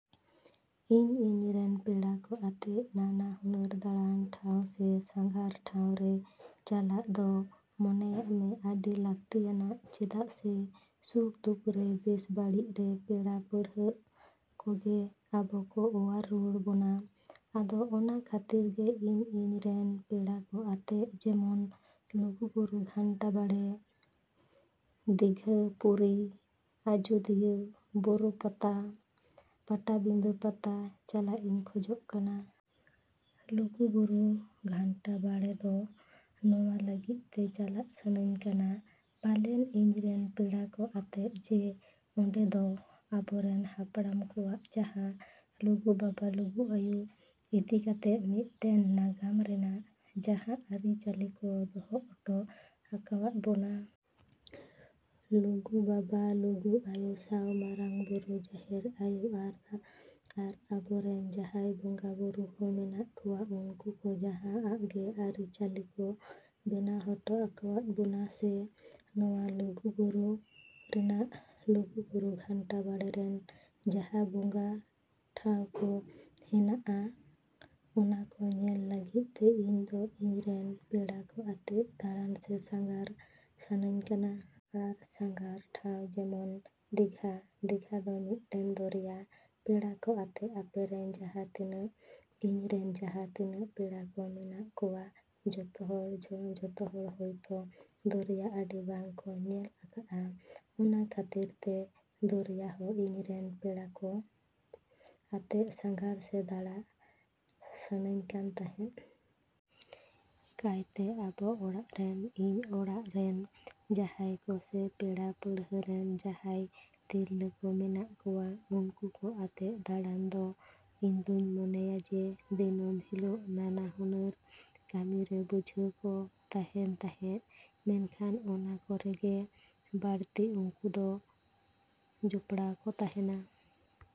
ᱤᱧ ᱤᱧ ᱨᱮᱱ ᱯᱮᱲᱟᱠᱚ ᱟᱛᱮ ᱱᱟᱱᱟ ᱦᱩᱱᱟᱹᱨ ᱫᱟᱬᱟᱱ ᱴᱷᱟᱶ ᱥᱮ ᱥᱟᱸᱜᱷᱟᱨ ᱴᱷᱟᱶᱨᱮ ᱪᱟᱞᱟᱜ ᱫᱚ ᱢᱚᱱᱮᱭᱟ ᱡᱮ ᱟᱹᱰᱤ ᱞᱟᱹᱠᱛᱤᱭᱟᱱᱟ ᱪᱮᱫᱟᱜ ᱥᱮ ᱥᱩᱠᱼᱫᱩᱠᱨᱮ, ᱵᱮᱥ ᱵᱟᱹᱲᱤᱡᱨᱮ ᱯᱮᱲᱟ ᱯᱟᱹᱨᱣᱟᱹ ᱠᱚᱜᱮ ᱟᱵᱚᱠᱚ ᱚᱣᱟᱨ ᱨᱩᱣᱟᱹᱲ ᱵᱚᱱᱟ᱾ ᱟᱫᱚ ᱚᱱᱟ ᱠᱷᱟᱹᱛᱤᱨ ᱜᱮ ᱤᱧ ᱤᱧᱨᱮᱱ ᱯᱮᱲᱟᱠᱚ ᱟᱛᱮ ᱡᱮᱢᱚᱱ ᱞᱩᱜᱩᱵᱩᱨᱩ ᱜᱷᱟᱸᱱᱴᱟ ᱵᱟᱲᱮ, ᱫᱤᱜᱷᱟ, ᱯᱩᱨᱤ, ᱟᱡᱳᱫᱤᱭᱟᱹ, ᱵᱚᱨᱚ ᱯᱟᱛᱟ, ᱯᱟᱴᱟᱵᱤᱫᱟᱹ ᱯᱟᱛᱟ ᱪᱟᱞᱟᱜ ᱤᱧ ᱠᱷᱚᱡᱚᱜ ᱠᱟᱱᱟ᱾ ᱞᱩᱜᱩᱵᱩᱨᱩ ᱜᱷᱟᱸᱱᱴᱟ ᱵᱟᱲᱮ ᱫᱚ ᱱᱚᱣᱟ ᱞᱟᱹᱜᱤᱫ ᱛᱮ ᱪᱟᱞᱟᱜ ᱥᱟᱱᱟᱧ ᱠᱟᱱᱟ ᱯᱟᱞᱮᱱ ᱤᱧᱨᱮᱱ ᱯᱮᱲᱟᱠᱚ ᱟᱛᱮᱫ ᱡᱮ ᱚᱸᱰᱮᱫᱚ ᱟᱵᱚᱨᱮᱱ ᱦᱟᱯᱲᱟᱢ ᱠᱚᱣᱟᱜ ᱡᱟᱦᱟᱸ ᱞᱩᱜᱩᱵᱟᱵᱟ, ᱞᱩᱜᱩᱟᱭᱳ ᱤᱫᱤᱠᱟᱛᱮ ᱢᱤᱫᱴᱮᱱ ᱱᱟᱜᱟᱢ ᱨᱮᱱᱟᱜ ᱡᱟᱦᱟᱸ ᱟᱹᱨᱤ ᱪᱟᱹᱞᱤᱠᱚ ᱫᱚᱦᱚ ᱦᱚᱴᱚ ᱟᱠᱟᱣᱟᱫ ᱵᱚᱱᱟ᱾ ᱞᱩᱜᱩᱵᱟᱵᱟ, ᱞᱩᱜᱩ ᱟᱭᱳ ᱥᱟᱶ ᱢᱟᱨᱟᱝ ᱵᱩᱨᱩ, ᱡᱟᱦᱮᱨ ᱟᱭᱳ ᱟᱨᱚ ᱟᱵᱚᱨᱮᱱ ᱡᱟᱦᱟᱸᱭ ᱵᱚᱸᱜᱟᱵᱩᱨᱩ ᱠᱚ ᱢᱮᱱᱟᱜ ᱠᱚᱣᱟ ᱩᱱᱠᱩ ᱠᱚ ᱡᱟᱦᱟᱸ ᱟᱜᱮ ᱟᱹᱨᱤ ᱪᱟᱹᱞᱤ ᱠᱚ ᱵᱮᱱᱟᱣ ᱦᱚᱴᱚ ᱟᱠᱟᱣᱟᱫ ᱵᱚᱱᱟ ᱥᱮ ᱱᱚᱣᱟ ᱞᱩᱜᱩᱵᱩᱨᱩ ᱨᱮᱱᱟᱜ ᱞᱩᱜᱩᱵᱩᱨᱩ ᱜᱷᱟᱱᱴᱟ ᱵᱟᱲᱮᱨᱮ ᱡᱟᱦᱟᱸ ᱵᱚᱸᱜᱟ ᱴᱷᱟᱶ ᱠᱚ ᱦᱮᱱᱟᱜᱼᱟ ᱚᱱᱟᱠᱚ ᱧᱮᱞ ᱞᱟᱹᱜᱤᱫ ᱛᱮ ᱤᱧᱫᱚ ᱤᱧᱨᱮᱱ ᱯᱮᱲᱟᱠᱚ ᱟᱛᱮ ᱫᱟᱬᱟᱱ ᱥᱮ ᱥᱟᱸᱜᱷᱟᱨ ᱥᱟᱱᱟᱧ ᱠᱟᱱᱟ᱾ ᱟᱨ ᱥᱟᱸᱜᱷᱟᱨ ᱴᱷᱟᱶ ᱡᱮᱢᱚᱱ ᱫᱤᱜᱷᱟ, ᱫᱤᱜᱷᱟ ᱫᱚ ᱢᱤᱫᱴᱮᱱ ᱫᱚᱨᱭᱟ᱾ ᱯᱮᱲᱟᱠᱚ ᱟᱛᱮ ᱟᱞᱮᱨᱮᱱ ᱡᱟᱦᱟᱸ ᱛᱤᱱᱟᱹᱜ ᱤᱧᱨᱮᱱ ᱡᱟᱦᱟᱸ ᱛᱤᱱᱟᱹᱜ ᱯᱮᱲᱟᱠᱚ ᱢᱮᱱᱟᱜ ᱠᱚᱣᱟ ᱡᱚᱛᱚᱦᱚᱲ ᱦᱚᱭᱛᱚ ᱫᱚᱨᱭᱟ ᱟᱹᱰᱤ ᱵᱟᱝ ᱠᱚ ᱧᱮᱞ ᱟᱠᱟᱫᱼᱟ ᱚᱱᱟ ᱠᱷᱟᱹᱛᱤᱨᱛᱮ ᱫᱚᱨᱭᱟ ᱦᱚᱸ ᱤᱧᱨᱮᱱ ᱯᱮᱲᱟᱠᱚ ᱟᱛᱮ ᱥᱟᱸᱜᱷᱟᱨ ᱥᱮ ᱫᱟᱬᱟ ᱥᱟᱱᱟᱧ ᱠᱟᱱ ᱛᱟᱦᱮᱸᱫ᱾ ᱠᱟᱭᱛᱮ ᱟᱵᱚ ᱚᱲᱟᱜ ᱨᱮᱱ ᱤᱧ ᱚᱲᱟᱜ ᱨᱮᱱ ᱡᱟᱦᱟᱸᱭ ᱠᱚ ᱥᱮ ᱯᱮᱲᱟ ᱯᱟᱹᱨᱣᱟᱹᱨᱮᱱ ᱡᱟᱦᱟᱸᱭ ᱛᱤᱨᱞᱟᱹ ᱠᱚ ᱢᱮᱱᱟᱜ ᱠᱚᱣᱟ ᱩᱱᱠᱩ ᱠᱚ ᱟᱛᱮ ᱫᱟᱲᱟᱱ ᱫᱚ ᱤᱧᱫᱩᱧ ᱢᱚᱱᱮᱭᱟ ᱡᱮ ᱫᱤᱱᱟᱹᱢ ᱦᱤᱞᱳᱜ ᱱᱟᱱᱟ ᱦᱩᱱᱟᱹᱨ ᱠᱟᱹᱢᱤᱨᱮ ᱵᱟᱡᱷᱟᱣ ᱠᱚ ᱛᱟᱦᱮᱱ ᱛᱟᱦᱮᱸᱫ ᱢᱮᱱᱠᱷᱟᱱ ᱚᱱᱟ ᱠᱚᱨᱮᱜᱮ ᱵᱟᱹᱲᱛᱤ ᱩᱱᱠᱚᱫᱚ ᱡᱚᱯᱲᱟᱣ ᱠᱚ ᱛᱮᱦᱮᱱᱟ᱾